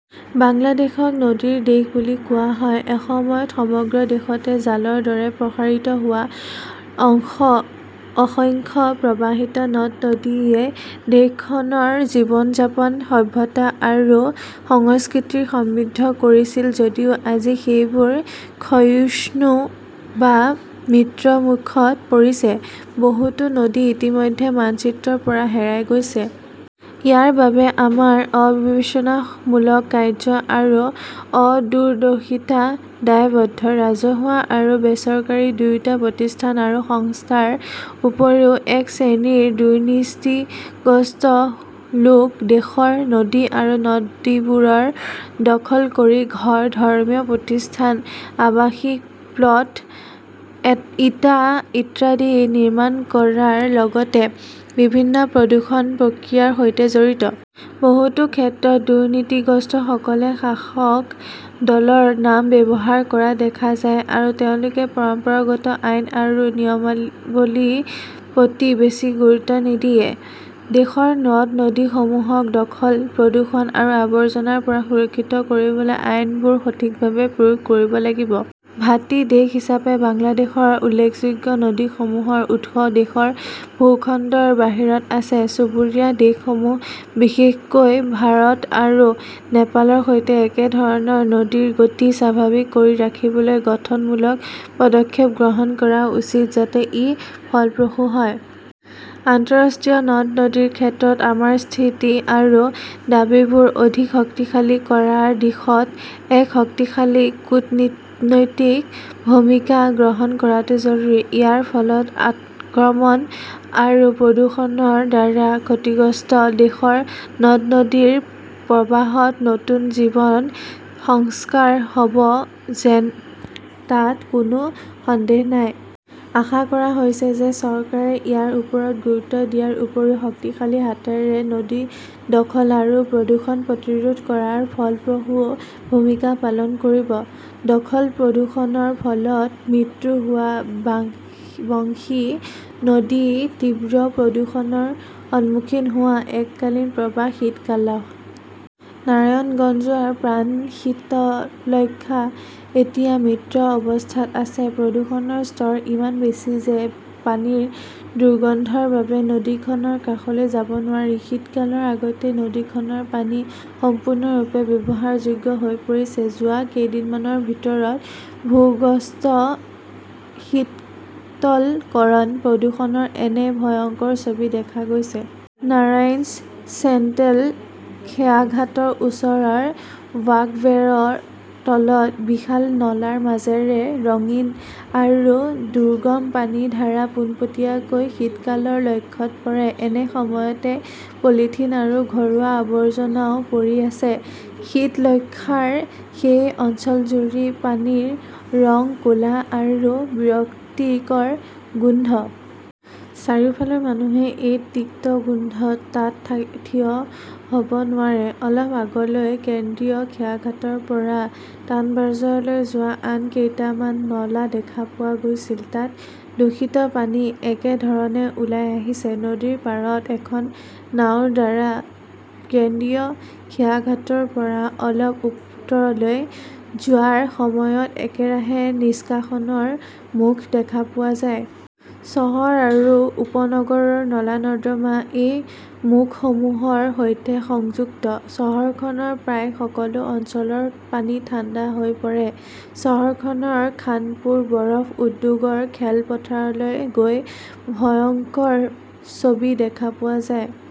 বাংলাদেশক নদীৰ দেশ বুলি কোৱা হয়। এসময়ত সমগ্ৰ দেশতে জালৰ দৰে প্ৰসাৰিত হোৱা অসংখ্য প্ৰৱাহিত নদ-নদীয়ে দেশখনৰ জীৱন-যাপন, সভ্যতা আৰু সংস্কৃতিক সমৃদ্ধ কৰিছিল যদিও আজি সেইবোৰ ক্ষয়িষ্ণু বা মৃত্যমুখত পৰিছে। বহুতো নদী ইতিমধ্যে মানচিত্ৰৰ পৰা হেৰাই গৈছে। ইয়াৰ বাবে আমাৰ অবিবেচনামূলক কাৰ্য্য আৰু অদূৰদৰ্শিতা দায়বদ্ধ। ৰাজহুৱা আৰু বেচৰকাৰী দুয়োটা প্ৰতিষ্ঠান আৰু সংস্থাৰ উপৰিও, এক শ্ৰেণীৰ দুৰ্নীতিগ্ৰস্ত লোক দেশৰ নদী আৰু নদীবোৰ দখল কৰি ঘৰ, ধৰ্মীয় প্ৰতিষ্ঠান, আৱাসিক প্লট, ইটা ইত্যাদি নিৰ্মাণ কৰাৰ লগতে বিভিন্ন প্ৰদূষণ প্ৰক্ৰিয়াৰ সৈতে জড়িত। বহুতো ক্ষেত্ৰত, দুৰ্নীতিগ্ৰস্তসকলে শাসক দলৰ নাম ব্যৱহাৰ কৰা দেখা যায় আৰু তেওঁলোকে পৰম্পৰাগত আইন আৰু নিয়মাৱলীৰ প্ৰতি বেছি গুৰুত্ব নিদিয়ে। দেশৰ নদ-নদীসমূহক দখল, প্ৰদূষণ আৰু আৱৰ্জনাৰ পৰা সুৰক্ষিত কৰিবলৈ আইনবোৰ সঠিকভাৱে প্ৰয়োগ কৰিব লাগিব। ভাটি দেশ হিচাপে বাংলাদেশৰ উল্লেখযোগ্য নদীসমূহৰ উৎস দেশৰ ভূখণ্ডৰ বাহিৰত আছে। চুবুৰীয়া দেশসমূহ, বিশেষকৈ ভাৰত আৰু নেপালৰ সৈতে একেধৰণৰ নদীৰ গতি স্বাভাৱিক কৰি ৰাখিবলৈ গঠনমূলক পদক্ষেপ গ্ৰহণ কৰা উচিত যাতে ই ফলপ্ৰসূ হয়। আন্তঃৰাষ্ট্ৰীয় নদ- নদীৰ ক্ষেত্ৰত আমাৰ স্থিতি আৰু দাবীবোৰ অধিক শক্তিশালী কৰাৰ দিশত এক শক্তিশালী কূটনৈতিক ভূমিকা গ্ৰহণ কৰাটো জৰুৰী। ইয়াৰ ফলত আক্ৰমণ আৰু প্ৰদূষণৰ দ্বাৰা ক্ষতিগ্ৰস্ত দেশৰ নদ-নদীৰ প্ৰবাহত নতুন জীৱন সঞ্চাৰ হ'ব যে তাত কোনো সন্দেহ নাই। আশা কৰা হৈছে যে চৰকাৰে ইয়াৰ ওপৰত গুৰুত্ব দিয়াৰ উপৰিও শক্তিশালী হাতৰে নদী দখল আৰু প্ৰদূষণ প্ৰতিৰোধ কৰাত ফলপ্ৰসূ ভূমিকা পালন কৰিব। দখল-প্ৰদূষণৰ ফলত মৃত্যু হোৱা বংশী নদী তীব্ৰ প্ৰদূষণৰ সন্মুখীন হোৱা এককালীন প্ৰবাহ শীতলকাহ। নাৰায়ণগঞ্জৰ প্ৰাণ শীতলক্ষ্যা এতিয়া মৃত অৱস্থাত আছে। প্ৰদূষণৰ স্তৰ ইমান বেছি যে পানীৰ দুৰ্গন্ধৰ বাবে নদীখনৰ কাষলৈ যাব নোৱাৰি। শীতকালৰ আগতেই নদীখনৰ পানী সম্পূৰ্ণৰূপে ব্যৱহাৰযোগ্য হৈ পৰিছে। যোৱা কেইদিনমানৰ ভিতৰত ভূগৰ্ভস্থ শীতলকৰণ প্ৰদূষণৰ এনে ভয়ংকৰ ছবি দেখা গৈছে। নাৰাংইজ চেণ্ট্ৰেল খেয়াঘাটৰ ওচৰৰ ৱাকৱেৰ তলত বিশাল নলাৰ মাজেৰে ৰঙীন আৰু দুৰ্গম পানীৰ ধাৰা পোনপটীয়াকৈ শীতকালৰ লক্ষ্যত পৰে। একে সময়তে পলিথিন আৰু ঘৰুৱা আৱৰ্জনাও পৰি আছে। শীতলক্ষ্যাৰ সেই অঞ্চলজুৰি পানীৰ ৰং ক'লা আৰু বিৰক্তিকৰ গোন্ধ। চাৰিওফালৰ মানুহে এই তিক্ত গোন্ধত তাত থিয় হ'ব নোৱাৰে। অলপ আগলৈ, কেন্দ্ৰীয় খেয়াঘাটৰ পৰা তানবাজাৰলৈ যোৱা আন কেইটামান নলা দেখা পোৱা গৈছিল। তাত দূষিত পানী একে ধৰণে ওলাই আহিছে। নদীৰ পাৰত এখন নাওৰ দ্বাৰা কেন্দ্ৰীয় খেয়াঘাটৰ পৰা অলপ উত্তৰলৈ যোৱাৰ সময়ত একেৰাহে নিষ্কাশনৰ মুখ দেখা পোৱা যায়। চহৰ আৰু উপনগৰৰ নলা-নৰ্দমা এই মুখসমূহৰ সৈতে সংযুক্ত। চহৰখনৰ প্ৰায় সকলো অঞ্চলৰ পানী ঠাণ্ডা হৈ পৰে। চহৰখনৰ খানপুৰ বৰফ উদ্যোগৰ খেলপথাৰলৈ গৈ ভয়ংকৰ ছবি দেখা পোৱা যায়।